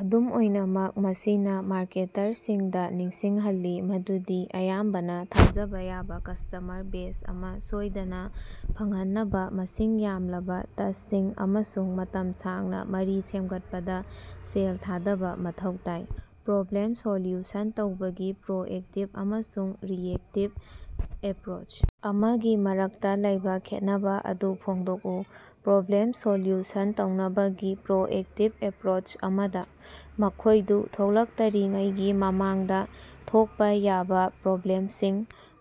ꯑꯗꯨꯝ ꯑꯣꯏꯅꯃꯛ, ꯃꯁꯤꯅ ꯃꯥꯔꯀꯦꯇꯔꯁꯤꯡꯗ ꯅꯤꯡꯁꯤꯡꯍꯜꯂꯤ ꯃꯗꯨꯗꯤ ꯑꯌꯥꯝꯕꯅ ꯊꯥꯖꯕ ꯌꯥꯕ ꯀꯁ꯭ꯇꯃꯔ ꯕꯦꯖ ꯑꯃ ꯁꯣꯏꯗꯅꯥ ꯐꯪꯍꯟꯅꯕꯥ ꯃꯁꯤꯡ ꯌꯥꯝꯂꯕ ꯇꯆꯁꯤꯡ ꯑꯃꯁꯨꯡ ꯃꯇꯝ ꯁꯥꯡꯅ ꯃꯔꯤ ꯁꯦꯝꯒꯠꯄꯗꯥ ꯁꯦꯜ ꯊꯥꯗꯕ ꯃꯊꯧ ꯇꯥꯏ꯫ ꯄ꯭ꯔꯣꯕ꯭ꯂꯦꯝ ꯁꯣꯜꯌꯨꯁꯟ ꯇꯧꯕꯒꯤ ꯄ꯭ꯔꯣꯑꯦꯛꯇꯤꯚ ꯑꯃꯁꯨꯡ ꯔꯤꯑꯦꯛꯇꯤꯚ ꯑꯦꯄꯔꯣꯆ ꯑꯃꯒꯤ ꯃꯔꯛꯇꯥ ꯂꯩꯕ ꯈꯦꯠꯅꯕꯥ ꯑꯗꯨ ꯐꯣꯡꯗꯣꯛꯎ꯫ ꯄ꯭ꯔꯣꯕ꯭ꯂꯦꯝ ꯁꯣꯂꯌꯨꯁꯟ ꯇꯧꯅꯕꯒꯤ ꯄ꯭ꯔꯣꯑꯦꯛꯇꯤꯚ ꯑꯦꯄꯔꯣꯆ ꯑꯃꯗ, ꯃꯈꯣꯏꯗꯨ ꯊꯣꯛꯂꯛꯇꯔꯤꯉꯩꯒꯤ ꯃꯃꯥꯡꯗ ꯊꯣꯛꯄꯥ ꯌꯥꯕ ꯄ꯭ꯔꯣꯕ꯭ꯂꯦꯝꯁꯤꯡ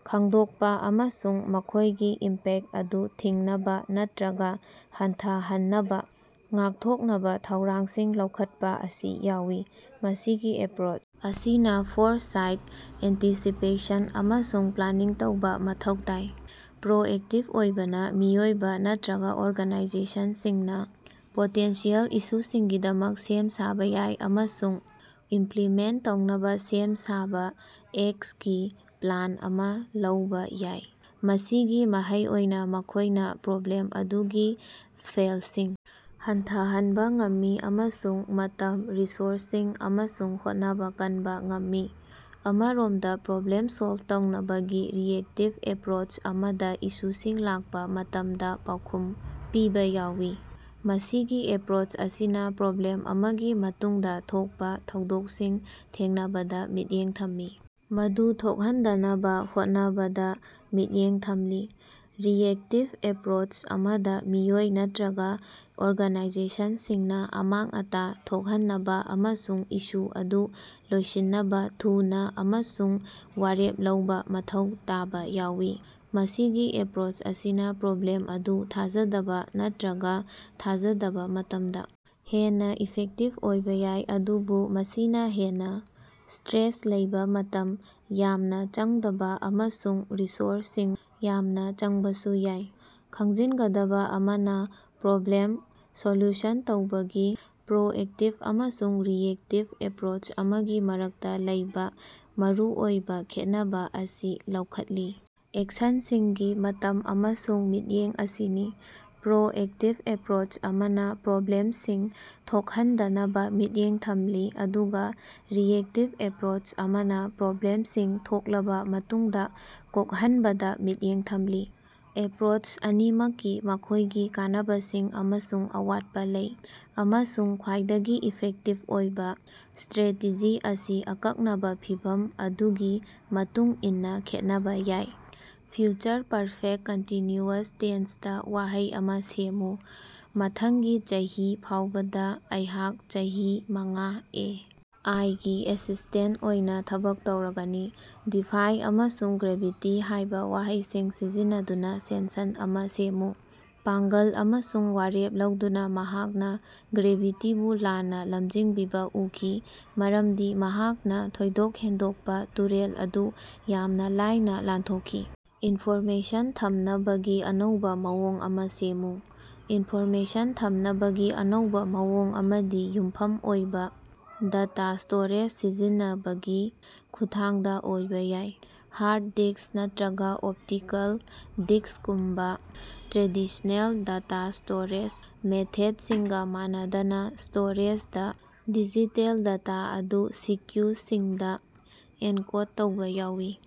ꯈꯪꯗꯣꯛꯄꯥ ꯑꯃꯁꯨꯡ ꯃꯈꯣꯏꯒꯤ ꯏꯝꯄꯦꯛ ꯑꯗꯨ ꯊꯤꯡꯅꯕꯥ ꯅꯠꯇꯔꯒ ꯍꯟꯊꯍꯟꯅꯕꯥ ꯉꯥꯛꯊꯣꯛꯅꯕꯥ ꯊꯧꯔꯥꯡꯁꯤꯡ ꯂꯧꯈꯠꯄꯥ ꯑꯁꯤ ꯌꯥꯎꯏ꯫ ꯃꯁꯤꯒꯤ ꯑꯦꯄꯔꯣꯆ ꯑꯁꯤꯅ ꯐꯣꯔꯁꯥꯏꯠ, ꯑꯦꯟꯇꯤꯁꯤꯄꯦꯁꯟ ꯑꯃꯁꯨꯡ ꯄ꯭ꯂꯥꯅꯤꯡ ꯇꯧꯕ ꯃꯊꯧ ꯇꯥꯏ꯫ ꯄ꯭ꯔꯣꯑꯦꯛꯇꯤꯚ ꯑꯣꯏꯕꯅ, ꯃꯤꯑꯣꯏ ꯅꯠꯇꯔꯒ ꯑꯣꯔꯒꯥꯅꯥꯏꯖꯦꯁꯟꯁꯤꯡꯅ ꯄꯣꯇꯦꯟꯁꯤꯑꯦꯜ ꯏꯁꯨꯁꯤꯡꯒꯤꯗꯃꯛ ꯁꯦꯝ-ꯁꯥꯕ ꯌꯥꯏ ꯑꯃꯁꯨꯡ ꯏꯃꯄꯂꯤꯃꯦꯟꯇ ꯇꯧꯅꯕꯥ ꯁꯦꯝ-ꯁꯥꯕ ꯑꯦꯛꯁꯒꯤ ꯄ꯭ꯂꯥꯟ ꯑꯃ ꯂꯩꯕ ꯌꯥꯏ꯫ ꯃꯁꯤꯒꯤ ꯃꯍꯩ ꯑꯣꯏꯅ ꯃꯈꯣꯏꯅꯥ ꯄ꯭ꯔꯣꯕ꯭ꯂꯦꯝ ꯑꯗꯨꯒꯤ ꯐꯦꯜꯁꯤꯡ ꯍꯟꯊꯍꯟꯕ ꯉꯝꯃꯤ ꯑꯃꯁꯨꯡ ꯃꯇꯝ, ꯔꯤꯁꯣꯔꯁꯁꯤꯡ ꯑꯃꯁꯨꯡ ꯍꯣꯠꯅꯕꯥ ꯀꯟꯕꯥ ꯉꯝꯃꯤ꯫ ꯑꯃꯔꯣꯝꯗꯥ, ꯄ꯭ꯔꯣꯕ꯭ꯂꯦꯝ ꯁꯣꯜꯕ ꯇꯧꯅꯕꯒꯤ ꯔꯤꯑꯦꯛꯇꯤꯕ ꯑꯦꯄꯄꯔꯣꯆ ꯑꯃꯗ ꯏꯁꯨꯁꯤꯡ ꯂꯥꯛꯄꯥ ꯃꯇꯝꯗ ꯄꯥꯎꯈꯨꯝ ꯄꯤꯕ ꯌꯥꯎꯏ꯫ ꯃꯁꯤꯒꯤ ꯑꯦꯄꯔꯣꯆ ꯑꯁꯤꯅ ꯄ꯭ꯔꯣꯕ꯭ꯂꯦꯝ ꯑꯃꯒꯤ ꯃꯇꯨꯡꯗꯥ ꯊꯣꯛꯄꯥ ꯊꯧꯗꯣꯛꯁꯤꯡ ꯊꯦꯡꯅꯕꯗꯥ ꯃꯤꯠꯌꯦꯡ ꯊꯝꯃꯤ, ꯃꯗꯨ ꯊꯣꯍꯟꯗꯅꯕꯥ ꯍꯣꯠꯅꯕꯗꯥ ꯃꯤꯠꯌꯦꯡ ꯊꯝꯂꯤ꯫ ꯔꯤꯑꯦꯛꯇꯤꯚ ꯑꯦꯄꯔꯣꯆ ꯑꯃꯗ, ꯃꯤꯑꯣꯏ ꯅꯠꯇꯔꯒ ꯑꯣꯔꯒꯥꯅꯥꯏꯖꯦꯁꯟꯁꯤꯡꯅ ꯑꯃꯥꯡ-ꯑꯇꯥ ꯍꯟꯊꯍꯟꯅꯕꯥ ꯑꯃꯁꯨꯡ ꯏꯁꯨ ꯑꯗꯨ ꯂꯣꯏꯁꯤꯟꯅꯕꯥ ꯊꯨꯅꯥ ꯑꯃꯁꯨꯡ ꯋꯥꯔꯦꯞ ꯂꯧꯕ ꯃꯊꯧ ꯇꯥꯕ ꯌꯥꯏ꯫ ꯃꯁꯤꯒꯤ ꯑꯦꯄꯔꯣꯆ ꯑꯁꯤꯅ ꯄ꯭ꯔꯣꯕ꯭ꯂꯦꯝ ꯑꯗꯨ ꯊꯥꯖꯗꯕꯥ ꯅꯠꯇꯔꯒ ꯊꯥꯖꯗꯕ ꯃꯇꯝꯗꯥ ꯍꯦꯟꯅ ꯏꯐꯦꯛꯇꯤꯚ ꯑꯣꯏꯕ ꯌꯥꯏ, ꯑꯗꯨꯕꯨ ꯃꯁꯤꯅ ꯍꯦꯟꯅꯥ ꯁ꯭ꯇꯔꯦꯁ ꯂꯩꯕ, ꯃꯇꯝ ꯌꯥꯝꯅ ꯆꯪꯗꯕ ꯑꯃꯁꯨꯡ ꯔꯤꯁꯣꯔꯁꯁꯤꯡ ꯌꯥꯝꯅ ꯆꯪꯕꯁꯨ ꯌꯥꯏ꯫ ꯈꯪꯖꯤꯟꯒꯗꯕꯥ ꯑꯃꯅ, ꯄ꯭ꯔꯣꯕ꯭ꯂꯦꯝ ꯁꯣꯂꯌꯨꯁꯟ ꯇꯧꯕꯒꯤ ꯄ꯭ꯔꯣꯑꯦꯛꯇꯤꯚ ꯑꯃꯁꯨꯡ ꯔꯤꯑꯦꯛꯇꯤꯚ ꯑꯦꯄꯔꯣꯆ ꯑꯃꯒꯤ ꯃꯔꯛꯇ ꯂꯩꯕ ꯃꯔꯨꯑꯣꯏꯕ ꯈꯦꯠꯅꯕꯥ ꯑꯁꯤ ꯂꯧꯈꯠꯂꯤ ꯑꯦꯛꯁꯟꯁꯤꯡꯒꯤ ꯃꯇꯝ ꯑꯃꯁꯨꯡ ꯃꯤꯠꯌꯦꯡ ꯑꯁꯤꯅꯤ꯫ ꯄ꯭ꯔꯣꯑꯦꯛꯇꯤꯕ ꯑꯦꯞꯄꯔꯣꯆ ꯑꯃꯅ ꯄ꯭ꯔꯣꯕ꯭ꯂꯦꯝꯁꯤꯡ ꯊꯣꯈꯟꯗꯅꯕꯥ ꯃꯤꯠꯌꯦꯡ ꯊꯝꯂꯤ, ꯑꯗꯨꯒꯥ ꯔꯤꯑꯦꯛꯇꯤꯕ ꯑꯦꯞꯔꯣꯆ ꯑꯃꯅ ꯄ꯭ꯔꯣꯕ꯭ꯂꯦꯃꯁꯤꯡ ꯊꯣꯛꯂꯕꯥ ꯃꯇꯨꯡꯗꯥ ꯀꯣꯛꯍꯟꯕꯗꯥ ꯃꯤꯠꯌꯦꯡ ꯊꯝꯂꯤ꯫ ꯑꯦꯄꯔꯣꯆ ꯑꯅꯤꯃꯛꯀꯤ ꯃꯈꯣꯏꯒꯤ ꯀꯥꯟꯅꯕꯁꯤꯡ ꯑꯃꯁꯨꯡ ꯑꯋꯥꯠꯄ ꯂꯩ, ꯑꯃꯁꯨꯡ ꯈ꯭ꯕꯥꯏꯗꯒꯤ ꯏꯐꯦꯛꯇꯤꯚ ꯑꯣꯏꯕ ꯁ꯭ꯇꯔꯦꯇꯤꯖꯤ ꯑꯁꯤ ꯑꯀꯛꯅꯕꯥ ꯐꯤꯚꯝ ꯑꯗꯨꯒꯤ ꯃꯇꯨꯡꯏꯟꯅꯥ ꯈꯦꯠꯅꯕꯥ ꯌꯥꯏ꯫ ꯐ꯭ꯌꯨꯆꯔ ꯄꯔꯐꯦꯛꯇ ꯀꯟꯇꯤꯟꯌꯨꯁ ꯇꯦꯟꯁꯇꯥ ꯋꯥꯍꯩ ꯑꯃ ꯁꯦꯝꯃꯨ꯫ ꯃꯊꯪꯒꯤ ꯆꯍꯤ ꯐꯥꯎꯕꯗꯥ ꯑꯩꯍꯥꯛ ꯆꯍꯤ ꯃꯉꯥ ꯑꯦ. ꯑꯥꯏ. ꯒꯤ ꯑꯦꯁꯤꯁ꯭ꯇꯦꯟꯇ ꯑꯣꯏꯅ ꯊꯕꯛ ꯇꯧꯔꯒꯅꯤ꯫। "ꯗꯤꯐꯥꯏ" ꯑꯃꯁꯨꯡ "ꯒ꯭ꯔꯦꯚꯤꯇꯤ" ꯍꯥꯏꯕ ꯋꯥꯍꯩꯁꯤꯡ ꯁꯤꯖꯤꯟꯅꯗꯨꯅ ꯁꯦꯟꯁꯟ ꯑꯃ ꯁꯦꯝꯃꯨ? ꯄꯥꯡꯒꯜ ꯑꯃꯁꯨꯡ ꯋꯥꯔꯦꯞ ꯂꯧꯗꯨꯅ ꯃꯍꯥꯛꯅ ꯒ꯭ꯔꯦꯚꯤꯇꯤꯕꯨ ꯂꯥꯟꯅ ꯂꯝꯖꯤꯡꯕꯤꯕ ꯎꯈꯤ ꯃꯔꯝꯗꯤ ꯃꯍꯥꯛꯅ ꯊꯣꯏꯗꯣꯛ ꯍꯦꯟꯗꯣꯛꯄꯥ ꯇꯨꯔꯦꯜ ꯑꯗꯨ ꯌꯥꯝꯅ ꯂꯥꯏꯅ ꯂꯥꯟꯊꯣꯛꯈꯤ꯫ ꯏꯟꯐꯣꯔꯃꯦꯁꯟ ꯊꯝꯅꯕꯒꯤ ꯑꯅꯧꯕ ꯃꯑꯣꯡ ꯑꯃ ꯁꯦꯝꯃꯨ꯫ ꯏꯟꯐꯣꯔꯃꯦꯁꯟ ꯊꯝꯅꯕꯒꯤ ꯑꯅꯧꯕ ꯃꯑꯣꯡ ꯑꯃꯗꯤ ꯌꯨꯝꯐꯝ ꯑꯣꯏꯕ ꯗꯇꯥ ꯁ꯭ꯇꯣꯔꯦꯖ ꯁꯤꯖꯤꯟꯅꯕꯒꯤ ꯈꯨꯠꯊꯥꯡꯗ ꯑꯣꯏꯕ ꯌꯥꯏ꯫ ꯍꯥꯔꯗ ꯗꯤꯛꯁ ꯅꯠꯇꯔ꯭ꯒ ꯑꯣꯞꯇꯤꯀꯦꯜ ꯗꯤꯛꯁꯒꯨꯝꯕꯥ ꯇ꯭ꯔꯦꯗꯤꯁꯅꯦꯜ ꯗꯇꯥ ꯁ꯭ꯇꯣꯔꯦꯖ ꯃꯦꯊꯦꯠꯁꯤꯡꯒ ꯃꯥꯟꯅꯗꯅ, ꯁ꯭ꯇꯣꯔꯦꯖꯗ ꯗꯤꯖꯤꯇꯦꯜ ꯗꯇꯥ ꯑꯗꯨ ꯁꯤꯀꯌꯨꯁꯁꯤꯡꯗꯥ ꯑꯦꯟꯀꯣꯗ ꯇꯧꯕ ꯌꯥꯎꯏ꯫